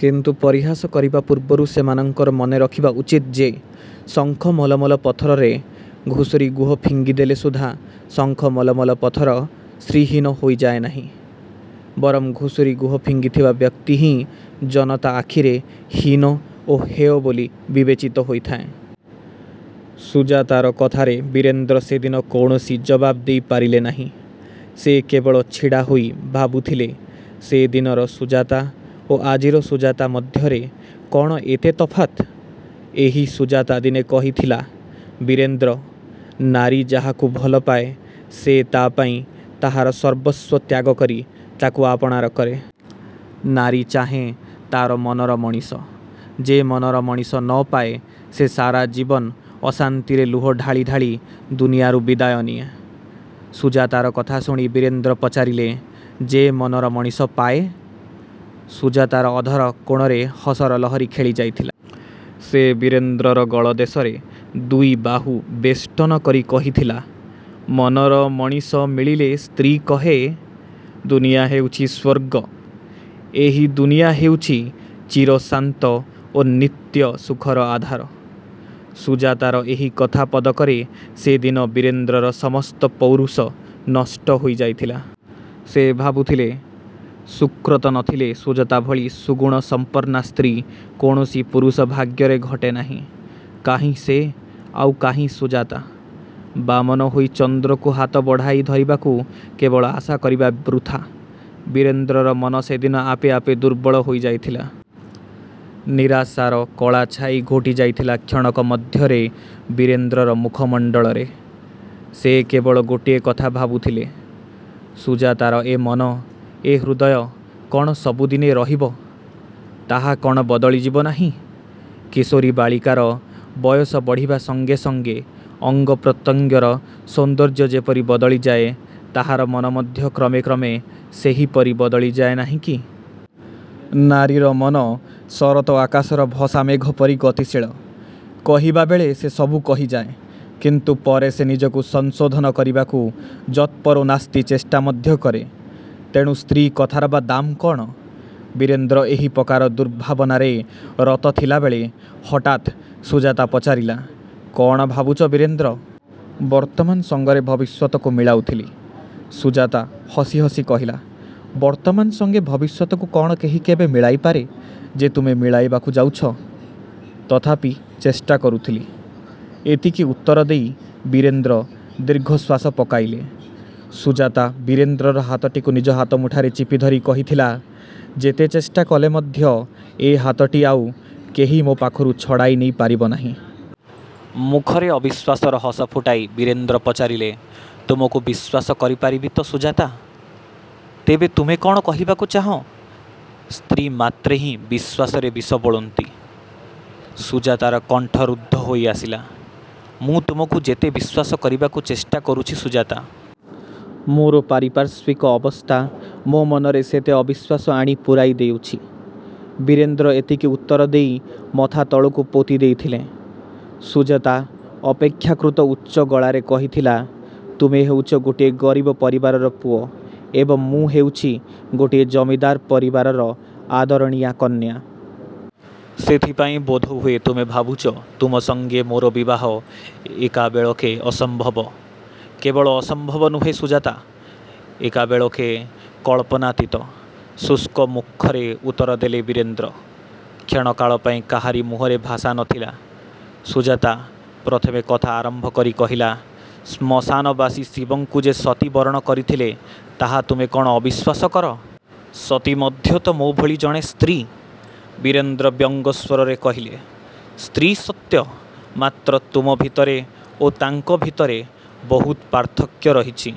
କିନ୍ତୁ ପରିହାସ କରିବା ପୂର୍ବରୁ ସେମାନଙ୍କର ମନେରଖିବା ଉଚିତ ଯେ ଶଙ୍ଖମଲମଲ ପଥରରେ ଘୁଷୁରି ଗୁହ ଫିଙ୍ଗିଦେଲେ ସୁଦ୍ଧା ଶଙ୍ଖମଲମଲ ପଥର ଶ୍ରୀହୀନ ହୋଇଯାଏ ନାହିଁ, ବରଂ ଘୁଷୁରି ଗୁହ ଫିଙ୍ଗିବା ବ୍ୟକ୍ତି ହିଁ ଜନତା ଆଖିରେ ହୀନ ଓ ହେୟ ବୋଲି ବିବେଚିତ ହୋଇଥାଏ। '' ସୁଜାତାର କଥାରେ ବୀରେନ୍ଦ୍ର ସେଦିନ କୌଣସି ଜବାବ୍ ଦେଇପାରିଲେ ନାହିଁ। ସେ କେବଳ ଛିଡ଼ାହୋଇ ଭାବୁଥିଲେ ସେଦିନର ସୁଜାତା ଓ ଆଜିର ସୁଜାତା ମଧ୍ୟରେ କ'ଣ ଏତେ ତଫାତ୍? ଏହି ସୁଜାତା ଦିନେ କହିଥିଲା ''ବୀରେନ୍ଦ୍ର! ନାରୀ ଯାହାକୁ ଭଲପାଏ ସେ ତା' ପାଇଁ ତାହାର ସର୍ବସ୍ୱ ତ୍ୟାଗ କରି ତାକୁ ଆପଣାର କରେ। ନାରୀ ଚାହେଁ ତା'ର ମନର ମଣିଷ। ଯେ ମନର ମଣିଷ ନ ପାଏ ସେ ସାରା ଜୀବନ ଅଶାନ୍ତିରେ ଲୁହ ଢାଳି ଢାଳି ଦୁନିଆରୁ ବିଦାୟ ନିଏ। '' ସୁଜାତାର କଥା ଶୁଣି ବୀରେନ୍ଦ୍ର ପଚାରିଲେ ''ଯେ ମନର ମଣିଷ ପାଏ? '' ସୁଜାତାର ଅଧର କୋଣରେ ହସର ଲହରୀ ଖେଳିଯାଇଥିଲା। ସେ ବୀରେନ୍ଦ୍ରର ଗଳଦେଶରେ ଦୁଇବାହୁ ବେଷ୍ଟନ କରି କହିଥିଲା ''ମନର ମଣିଷ ମିଳିଲେ ସ୍ତ୍ରୀ କହେ ଦୁନିଆ ହେଉଛି ସ୍ୱର୍ଗ। ଏହି ଦୁନିଆ ହେଉଛି ଚିରଶାନ୍ତ ଓ ନିତ୍ୟ ସୁଖର ଆଧାର। '' ସୁଜାତାର ଏହି କଥା ପଦକରେ ସେଦିନ ବୀରେନ୍ଦ୍ରର ସମସ୍ତ ପୌରୁଷ ନଷ୍ଟ ହୋଇଯାଇଥିଲା। ସେ ଭାବୁଥିଲେ ସୁକୃତ ନ ଥିଲେ ସୁଜାତା ଭଳି ସୁଗୁଣ ସମ୍ପନ୍ନା ସ୍ତ୍ରୀ କୌଣସି ପୁରୁଷର ଭାଗ୍ୟରେ ଘଟେ ନାହିଁ। କାହିଁ ସେ, ଆଉ କାହିଁ ସୁଜାତା? ବାମନ ହୋଇ ଚନ୍ଦ୍ରକୁ ହାତ ବଢ଼ାଇ ଧରିବାକୁ କେବଳ ଆଶା କରିବା ବୃଥା। ବୀରେନ୍ଦ୍ରର ମନ ସେଦିନ ଆପେ ଆପେ ଦୁର୍ବଳ ହୋଇଯାଇଥିଲା। ନିରାଶାର କଳା ଛାଇ ଘୋଟିଯାଇଥିଲା କ୍ଷଣକ ମଧ୍ୟରେ ବୀରେନ୍ଦ୍ରର ମୁଖମଣ୍ଡଳରେ। ସେ କେବଳ ଗୋଟିଏ କଥା ଭାବୁଥିଲେ। ସୁଜାତାର ଏ ମନ, ଏ ହୃଦୟ କ'ଣ ସବୁଦିନେ ରହିବ? ତାହା କ'ଣ ବଦଳି ଯିବ ନାହିଁ? କିଶୋରୀ ବାଳିକାର ବୟସ ବଢ଼ିବା ସଙ୍ଗେ ସଙ୍ଗେ ଅଙ୍ଗ ପ୍ରତ୍ୟଙ୍ଗର ସୌନ୍ଦର୍ଯ୍ୟ ଯେପରି ବଦଳିଯାଏ ତାହାର ମନ ମଧ୍ୟ କ୍ରମେ କ୍ରମେ ସେହିପରି ବଦଳିଯାଏ ନାହିଁ କି? ନାରୀର ମନ ଶରତ ଆକାଶର ଭସାମେଘ ପରି ଗତିଶୀଳ। କହିବାବେଳେ ସେ ସବୁ କହିଯାଏ; କିନ୍ତୁ ପରେ ସେ ନିଜକୁ ସଂଶୋଧନ କରିବାକୁ ଯତ୍ପରୋନାସ୍ତି ଚେଷ୍ଟା ମଧ୍ୟ କରେ। ତେଣୁ ସ୍ତ୍ରୀ କଥାର ବା ଦାମ କ'ଣ? ବୀରେନ୍ଦ୍ର ଏହିପ୍ରକାର ଦୁର୍ଭାବନାରେ ରତ ଥିଲାବେଳେ ହଠାତ୍ ସୁଜାତା ପଚାରିଲା, ''କ'ଣ ଭାବୁଛ ବୀରେନ୍ଦ୍ର? '' ''ବର୍ତ୍ତମାନ ସଙ୍ଗରେ ଭବିଷ୍ୟତକୁ ମିଳାଉଥିଲି। '' ସୁଜାତା ହସି ହସି କହିଲା, ''ବର୍ତ୍ତମାନ ସଙ୍ଗେ ଭବିଷ୍ୟତକୁ କ'ଣ କେହି କେବେ ମିଳାଇପାରେ ଯେ ତୁମେ ମିଳାଇବାକୁ ଯାଉଛ? '' ''ତଥାପି ଚେଷ୍ଟା କରୁଥିଲି। '' ଏତିକି ଉତ୍ତର ଦେଇ ବୀରେନ୍ଦ୍ର ଦୀର୍ଘଶ୍ୱାସ ପକାଇଲେ। ସୁଜାତା ବୀରେନ୍ଦ୍ରର ହାତଟିକୁ ନିଜ ହାତମୁଠାରେ ଚିପିଧରି କହିଥିଲା, ''ଯେତେ ଚେଷ୍ଟା କଲେ ମଧ୍ୟ ଏ ହାତଟି ଆଉ କେହି ମୋ ପାଖରୁ ଛଡ଼ାଇ ନେଇ ପାରିବ ନାହିଁ। '' ମୁଖରେ ଅବିଶ୍ୱାସର ହସ ଫୁଟାଇ ବୀରେନ୍ଦ୍ର ପଚାରିଲେ ''ତୁମକୁ ବିଶ୍ୱାସ କରିପାରିବି ତ ସୁଜାତା? '' ''ତେବେ ତୁମେ କ'ଣ କହିବାକୁ ଚାହଁ, ସ୍ତ୍ରୀ ମାତ୍ରେହିଁ ବିଶ୍ୱାସରେ ବିଷ ବୋଳନ୍ତି? '' ସୁଜାତାର କଣ୍ଠ ରୁଦ୍ଧ ହୋଇଆସିଲା। '' ମୁଁ ତୁମକୁ ଯେତେ ବିଶ୍ୱାସ କରିବାକୁ ଚେଷ୍ଟା କରୁଛି ସୁଜାତା! ମୋର ପାରିପାର୍ଶ୍ୱିକ ଅବସ୍ଥା ମୋ ମନରେ ସେତେ ଅବିଶ୍ୱାସ ଆଣି ପୂରାଇ ଦେଉଛି। ବୀରେନ୍ଦ୍ର ଏତିକି ଉତ୍ତରଦେଇ ମଥା ତଳକୁ ପୋତିଦେଇଥିଲେ। ସୁଜାତା ଅପେକ୍ଷାକୃତ ଉଚ୍ଚ ଗଳାରେ କହିଥିଲା, ''ତୁମେ ହେଉଛ ଗୋଟିଏ ଗରିବ ପରିବାରର ପୁଅ ଏବଂ ମୁଁ ହେଉଛି ଗୋଟିଏ ଜମିଦାର ପରିବାରର ଆଦରଣୀୟା କନ୍ୟା। ସେଥିପାଇଁ ବୋଧହୁଏ ତୁମେ ଭାବୁଛ ତୁମ ସଙ୍ଗେ ମୋର ବିବାହ ଏକାବେଳକେ ଅସମ୍ଭବ। '' ''କେବଳ ଅସମ୍ଭବ ନୁହେଁ ସୁଜାତା! ଏକାବେଳକେ କଳ୍ପନାତୀତ। ଶୁଷ୍କ ମୁଖରେ ଉତ୍ତରଦେଲେ ବୀରେନ୍ଦ୍ର। '' କ୍ଷଣକାଳ ପାଇଁ କାହାରି ମୁହଁରେ ଭାଷା ନ ଥିଲା। ସୁଜାତା ପ୍ରଥମେ କଥା ଆରମ୍ଭ କରି କହିଲା, ''ଶ୍ମଶାନବାସୀ ଶିବଙ୍କୁ ଯେ ସତୀ ବରଣ କରିଥିଲେ ତାହା ତୁମେ କ'ଣ ଅବିଶ୍ୱାସ କର? ସତୀ ମଧ୍ୟ ତ ମୋ ଭଳି ଜଣେ ସ୍ତ୍ରୀ। '' ବୀରେଦ୍ର ବ୍ୟଙ୍ଗ ସ୍ୱରରେ କହିଲେ, ''ସ୍ତ୍ରୀ ସତ୍ୟ, ମାତ୍ର ତୁମ ଭିତରେ ଓ ତାଙ୍କ ଭିତରେ ବହୁତ ପାର୍ଥକ୍ୟ ରହିଛି।